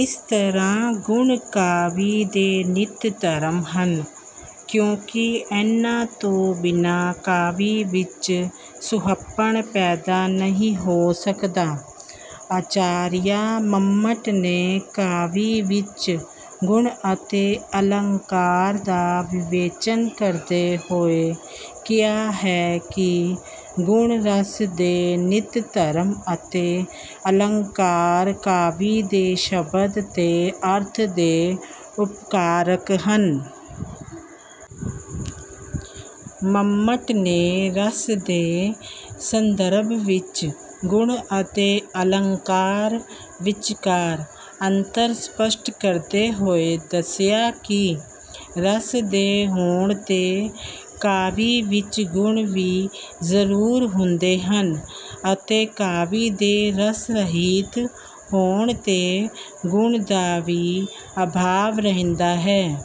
ਇਸ ਤਰ੍ਹਾਂ, ਗੁਣ ਕਾਵਿ ਦੇ ਨਿੱਤ ਧਰਮ ਹਨ, ਕਿਉਂਕਿ ਇਨ੍ਹਾਂ ਤੋਂ ਬਿਨਾਂ ਕਾਵਿ ਵਿੱਚ ਸੁਹੱਪਣ ਪੈਦਾ ਨਹੀਂ ਹੋ ਸਕਦਾ। ਆਚਾਰੀਆ ਮੰਮਟ ਨੇ ਕਾਵਿ ਵਿੱਚ ਗੁਣ ਅਤੇ ਅਲੰਕਾਰ ਦਾ ਵਿਵੇਚਨ ਕਰਦੇ ਹੋਏ ਕਿਹਾ ਹੈ ਕਿ ਗੁਣ ਰਸ ਦੇ ਨਿੱਤ ਧਰਮ ਅਤੇ ਅਲੰਕਾਰ ਕਾਵਿ ਦੇ ਸ਼ਬਦ ਤੇ ਅਰਥ ਦੇ ਉਪਕਾਰਕ ਹਨ। ਮੰਮਟ ਨੇ ਰਸ ਦੇ ਸੰਦਰਭ ਵਿੱਚ ਗੁਣ ਅਤੇ ਅਲੰਕਾਰ ਵਿਚਕਾਰ ਅੰਤਰ ਸਪਸ਼ਟ ਕਰਦੇ ਹੋਏ ਦੱਸਿਆ ਕਿ ਰਸ ਦੇ ਹੋਣ ’ਤੇ ਕਾਵਿ ਵਿੱਚ ਗੁਣ ਵੀ ਜ਼ਰੂਰ ਹੁੰਦੇ ਹਨ ਅਤੇ ਕਾਵਿ ਦੇ ਰਸ-ਰਹਿਤ ਹੋਣ ’ਤੇ ਗੁਣ ਦਾ ਵੀ ਅਭਾਵ ਰਹਿੰਦਾ ਹੈ।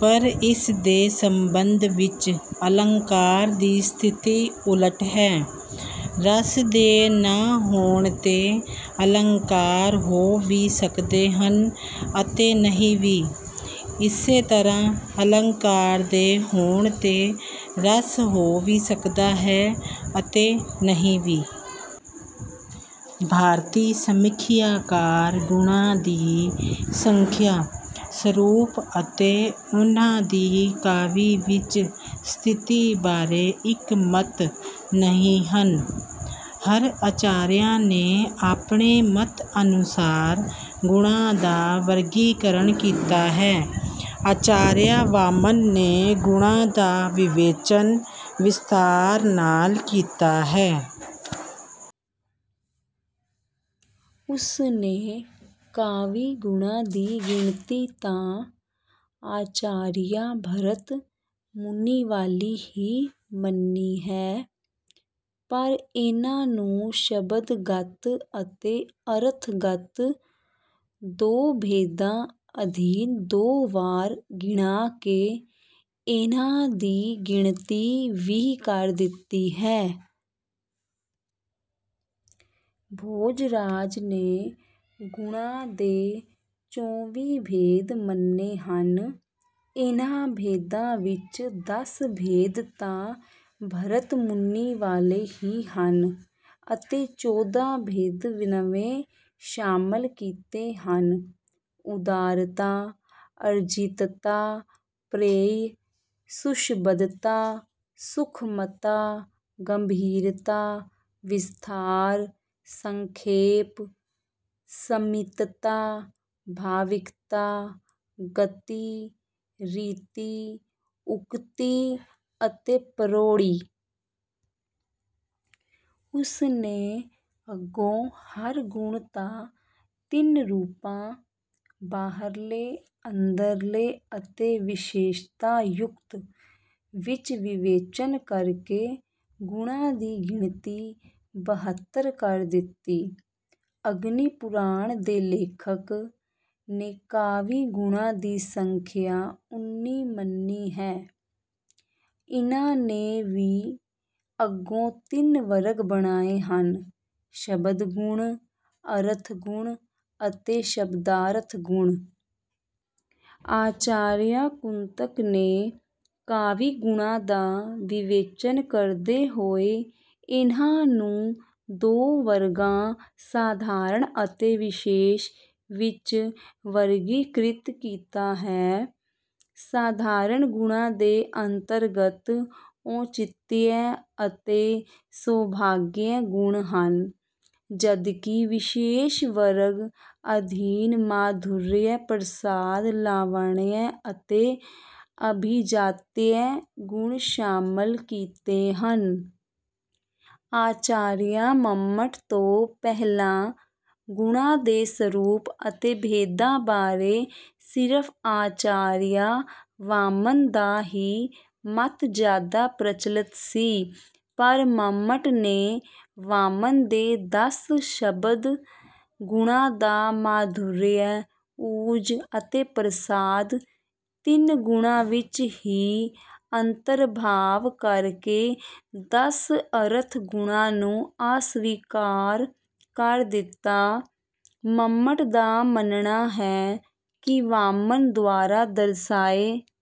ਪਰ ਇਸ ਦੇ ਸੰਬੰਧ ਵਿੱਚ ਅਲੰਕਾਰ ਦੀ ਸਥਿਤੀ ਉਲਟ ਹੈ। ਰਸ ਦੇ ਨਾ ਹੋਣ ’ਤੇ ਅਲੰਕਾਰ ਹੋ ਵੀ ਸਕਦੇ ਹਨ ਅਤੇ ਨਹੀਂ ਵੀ। ਇਸੇ ਤਰ੍ਹਾਂ, ਅਲੰਕਾਰ ਦੇ ਹੋਣ ’ਤੇ ਰਸ ਹੋ ਵੀ ਸਕਦਾ ਹੈ ਅਤੇ ਨਹੀਂ ਵੀ। ਭਾਰਤੀ ਸਮੀਖਿਆਕਾਰ ਗੁਣਾਂ ਦੀ ਸੰਖਿਆ, ਸਰੂਪ ਅਤੇ ਉਨ੍ਹਾਂ ਦੀ ਕਾਵਿ ਵਿੱਚ ਸਥਿਤੀ ਬਾਰੇ ਇੱਕ ਮਤ ਨਹੀਂ ਹਨ। ਹਰ ਆਚਾਰੀਆ ਨੇ ਆਪਣੇ ਮਤ ਅਨੁਸਾਰ ਗੁਣਾਂ ਦਾ ਵਰਗੀਕਰਨ ਕੀਤਾ ਹੈ। ਆਚਾਰੀਆ ਵਾਮਨ ਨੇ ਗੁਣਾਂ ਦਾ ਵਿਵੇਚਨ ਵਿਸਥਾਰ ਨਾਲ ਕੀਤਾ ਹੈ। ਉਸ ਨੇ ਕਾਵਿ-ਗੁਣਾਂ ਦੀ ਗਿਣਤੀ ਤਾਂ ਆਚਾਰੀਆ ਭਰਤ ਮੁਨੀ ਵਾਲੀ ਹੀ ਮੰਨੀ ਹੈ, ਪਰ ਇਨ੍ਹਾਂ ਨੂੰ ਸ਼ਬਦਗਤ ਅਤੇ ਅਰਥਗਤ ਦੋ ਭੇਦਾਂ ਅਧੀਨ ਦੋ ਵਾਰ ਗਿਣਾ ਕੇ ਇਨ੍ਹਾਂ ਦੀ ਗਿਣਤੀ ਵੀਹ ਕਰ ਦਿੱਤੀ ਹੈ। ਭੋਜ ਰਾਜ ਨੇ ਗੁਣਾਂ ਦੇ ਚੌਵੀ ਭੇਦ ਮੰਨੇ ਹਨ। ਇਨ੍ਹਾਂ ਭੇਦਾਂ ਵਿੱਚ ਦਸ ਭੇਦ ਤਾਂ ਭਰਤ ਮੁਨੀ ਵਾਲੇ ਹੀ ਹਨ ਅਤੇ ਚੌਦਾਂ ਭੇਦ ਨਵੇਂ ਸ਼ਾਮਲ ਕੀਤੇ ਹਨ—ਉਦਾਰਤਾ, ਅਰਜਿਤਤਾ, ਪ੍ਰੇਯ, ਸੁਸ਼ਬਦਤਾ, ਸੂਖਮਤਾ, ਗੰਭੀਰਤਾ, ਵਿਸਥਾਰ, ਸੰਖੇਪ, ਸੰਮਿਤਤਾ, ਭਾਵਿਕਤਾ, ਗਤਿ, ਰੀਤਿ, ਉਕਤੀ ਅਤੇ ਪ੍ਰੋੜੀ। ਉਸ ਨੇ ਅੱਗੋਂ ਹਰ ਗੁਣ ਦਾ ਤਿੰਨ ਰੂਪਾਂ—ਬਾਹਰਲੇ, ਅੰਦਰਲੇ ਅਤੇ ਵਿਸ਼ੇਸ਼ਤਾ-ਯੁਕਤ—ਵਿੱਚ ਵਿਵੇਚਨ ਕਰਕੇ ਗੁਣਾਂ ਦੀ ਗਿਣਤੀ ਬਹੱਤਰ ਕਰ ਦਿੱਤੀ। ‘ਅਗਨੀਪੁਰਾਣ’ ਦੇ ਲੇਖਕ ਨੇ ਕਾਵਿ-ਗੁਣਾਂ ਦੀ ਸੰਖਿਆ ਉੰਨੀ ਮੰਨੀ ਹੈ। ਇਨ੍ਹਾਂ ਨੇ ਵੀ ਅੱਗੋਂ ਤਿੰਨ ਵਰਗ ਬਣਾਏ ਹਨ—ਸ਼ਬਦ-ਗੁਣ, ਅਰਥ-ਗੁਣ ਅਤੇ ਸ਼ਬਦਾਰਥ-ਗੁਣ। ਆਚਾਰੀਆ ਕੁੰਤਕ ਨੇ ਕਾਵਿ-ਗੁਣਾਂ ਦਾ ਵਿਵੇਚਨ ਕਰਦੇ ਹੋਏ ਇਨ੍ਹਾਂ ਨੂੰ ਦੋ ਵਰਗਾਂ—ਸਾਧਾਰਨ ਅਤੇ ਵਿਸ਼ੇਸ਼—ਵਿੱਚ ਵਰਗੀਕ੍ਰਿਤ ਕੀਤਾ ਹੈ। ਸਾਧਾਰਨ ਗੁਣਾਂ ਦੇ ਅੰਤਰਗਤ ਔਚਿਤਯ ਅਤੇ ਸੌਭਾਗਯ ਗੁਣ ਹਨ, ਜਦਕਿ ਵਿਸ਼ੇਸ਼ ਵਰਗ ਅਧੀਨ ਮਾਧੁਰਯ, ਪ੍ਰਸਾਦ, ਲਾਵਣਯ ਅਤੇ ਅਭਿਜਾਤਯ ਗੁਣ ਸ਼ਾਮਲ ਕੀਤੇ ਹਨ। ਆਚਾਰੀਆ ਮੰਮਟ ਤੋਂ ਪਹਿਲਾਂ ਗੁਣਾਂ ਦੇ ਸਰੂਪ ਅਤੇ ਭੇਦਾਂ ਬਾਰੇ ਸਿਰਫ਼ ਆਚਾਰੀਆ ਵਾਮਨ ਦਾ ਹੀ ਮਤ ਜ਼ਿਆਦਾ ਪ੍ਰਚਲਿਤ ਸੀ, ਪਰ ਮੰਮਟ ਨੇ ਵਾਮਨ ਦੇ ਦਸ ਸ਼ਬਦ-ਗੁਣਾਂ ਦਾ ਮਾਧੁਰਯ, ਓਜ ਅਤੇ ਪ੍ਰਸਾਦ—ਤਿੰਨ ਗੁਣਾਂ ਵਿੱਚ ਹੀ ਅੰਤਰਭਾਵ ਕਰਕੇ ਦਸ ਅਰਥ-ਗੁਣਾਂ ਨੂੰ ਅਸਵੀਕਾਰ ਕਰ ਦਿੱਤਾ। ਮੰਮਟ ਦਾ ਮੰਨਣਾ ਹੈ ਕਿ ਵਾਮਨ ਦੁਆਰਾ ਦਰਸਾਏ...